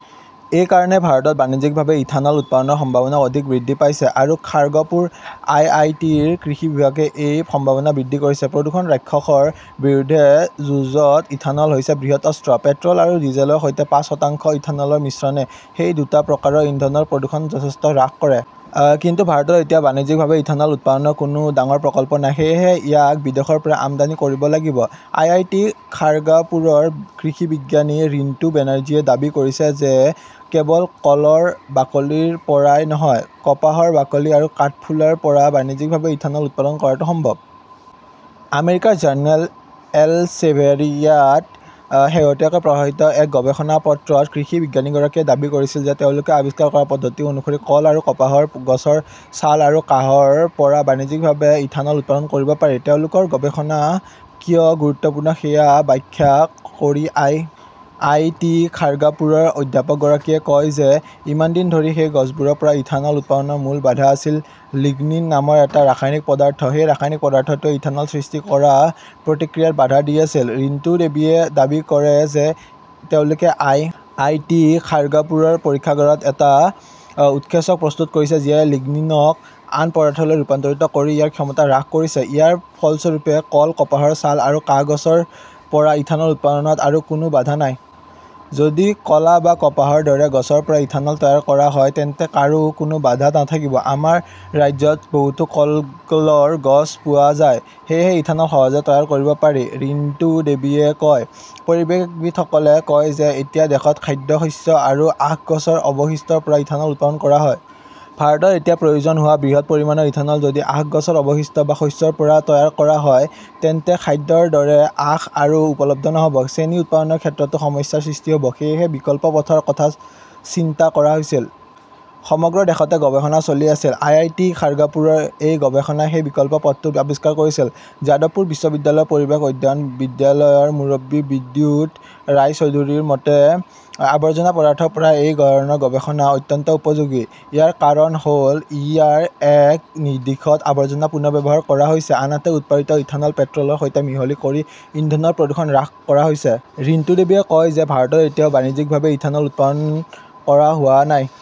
এই কাৰণেই ভাৰতত বাণিজ্যিকভাৱে ইথানল উৎপাদনৰ সম্ভাৱনা অধিক বৃদ্ধি পাইছে। আৰু খাৰ্গপুৰ আই. আই. টি. -ৰ কৃষি বিভাগে এই সম্ভাৱনা বৃদ্ধি কৰিছে। প্ৰদূষণ-ৰাক্ষসৰ বিৰুদ্ধে যুঁজত ইথানল হৈছে বৃহৎ অস্ত্ৰ। পেট্ৰ "ল আৰু ডিজেলৰ সৈতে পাঁচ শতাংশ ইথানলৰ মিশ্ৰণে সেই দুটা প্ৰকাৰৰ ইন্ধনৰ প্ৰদূষণ যথেষ্ট হ্ৰাস কৰে। কিন্তু ভাৰতত এতিয়া বাণিজ্যিকভাৱে ইথানল উৎপাদনৰ কোনো ডাঙৰ প্ৰকল্প নাই। সেয়েহে ইয়াক বিদেশৰ পৰা আমদানি কৰিব লাগিব। আই. আই. টি. খাৰ্গাপুৰৰ কৃষি বিজ্ঞানী ৰিণ্টু বেনাৰ্জীয়ে দাবী কৰিছে যে কেৱল কলৰ বাকলিৰ পৰাই নহয়, কপাহৰ বাকলি আৰু কাঠফুলাৰ পৰা বাণিজ্যিকভাৱে ইথানল উৎপাদন কৰাটো সম্ভৱ। আমেৰিকাৰ জাৰ্নেল এলচেভিয়াৰত শেহতীয়াকৈ প্ৰকাশিত এক গৱেষণাপত্ৰত কৃষি বিজ্ঞানীগৰাকীয়ে দাবী কৰিছিল যে তেওঁলোকে আৱিষ্কাৰ কৰা পদ্ধতি অনুসৰি কল আৰু কপাহৰ গছৰ ছাল আৰু কাহৰ পৰা বাণিজ্যিকভাৱে ইথানল উৎপাদন কৰিব পাৰি। তেওঁলোকৰ গৱেষণা কিয় গুৰুত্বপূৰ্ণ সেয়া ব্যাখ্যা কৰি আই. আই. টি. খাৰ্গাপুৰৰ অধ্যাপকগৰাকীয়ে কয় যে ইমান দিন ধৰি সেই গছবোৰৰ পৰা ইথানল উৎপাদনৰ মূল বাধা আছিল লিগনিন নামৰ এটা ৰাসায়নিক পদাৰ্থ। সেই ৰাসায়নিক পদাৰ্থটোৱে ইথানল সৃষ্টি কৰা প্ৰতিক্ৰিয়াত বাধা দি আছিল। ৰিণ্টুদেৱীয়ে দাবী কৰে যে তেওঁলোকে আই. আই. টি. খাৰ্গাপুৰৰ পৰীক্ষাগাৰত এটা উৎসেচক প্ৰস্তুত কৰিছে যিয়ে লিগনিনক আন পদাৰ্থলৈ ৰূপান্তৰিত কৰি ইয়াৰ ক্ষমতা হ্ৰাস কৰিছে। ইয়াৰ ফলস্বৰূপে কল, কপাহৰ ছাল আৰু কাহ গছৰ পৰা ইথানল উৎপাদনত আৰু কোনো বাধা নাই। "যদি কলা বা কপাহৰ দৰে গছৰ পৰা ইথানল তৈয়াৰ কৰা হয় তেন্তে কাৰো কোনো বাধা নাথাকিব। আমাৰ ৰাজ্যত বহুতো কলৰ গছ পোৱা যায়। সেয়েহে ইথানল সহজে তৈয়াৰ কৰিব পাৰি ", ৰিন্তুদেৱীয়ে কয়। পৰিৱেশবিদসকলে কয় যে এতিয়া দেশত খাদ্যশস্য আৰু আখ গছৰ অৱশিষ্টৰ পৰা ইথানল উৎপাদন কৰা হয়। ভাৰতত এতিয়া প্ৰয়োজন হোৱা বৃহৎ পৰিমাণৰ ইথানল যদি আখ গছৰ অৱশিষ্ট বা শস্যৰ পৰা তৈয়াৰ কৰা হয়, তেন্তে খাদ্যৰ দৰে আখ আৰু উপলব্ধ নহ 'ব। চেনি উৎপাদনৰ ক্ষেত্ৰতো সমস্যাৰ সৃষ্টি হ "ব। সেয়েহে বিকল্প পথৰ কথা চিন্তা কৰা হৈছিল। সমগ্ৰ দেশতে গৱেষণা চলি আছিল। আইআইটি খাৰ্গাপুৰৰ এই গৱেষণাই সেই বিকল্প পথটো আৱিষ্কাৰ কৰিছিল। যাদৱপুৰ বিশ্ববিদ্যালয়ৰ পৰিৱেশ অধ্যয়ন বিদ্যালয়ৰ মুৰব্বী বিদ্যুৎ ৰায়চৌধুৰীৰ মতে, আৱৰ্জনা পদাৰ্থৰ পৰা এই ধৰণৰ গৱেষণা অত্যন্ত উপযোগী। ইয়াৰ কাৰণ হ "ল, ইয়াৰ এক দিশত আৱৰ্জনা পুনৰ্ব্যৱহাৰ কৰা হৈছে, আনহাতে উৎপাদিত ইথানল পেট্ৰ" লৰ সৈতে মিহলি কৰি ইন্ধনৰ প্ৰদূষণ হ্ৰাস কৰা হৈছে। ৰিণ্টুদেৱীয়ে কয় যে ভাৰতত এতিয়াও বাণিজ্যিকভাৱে ইথানল উৎপাদন কৰা হোৱা নাই।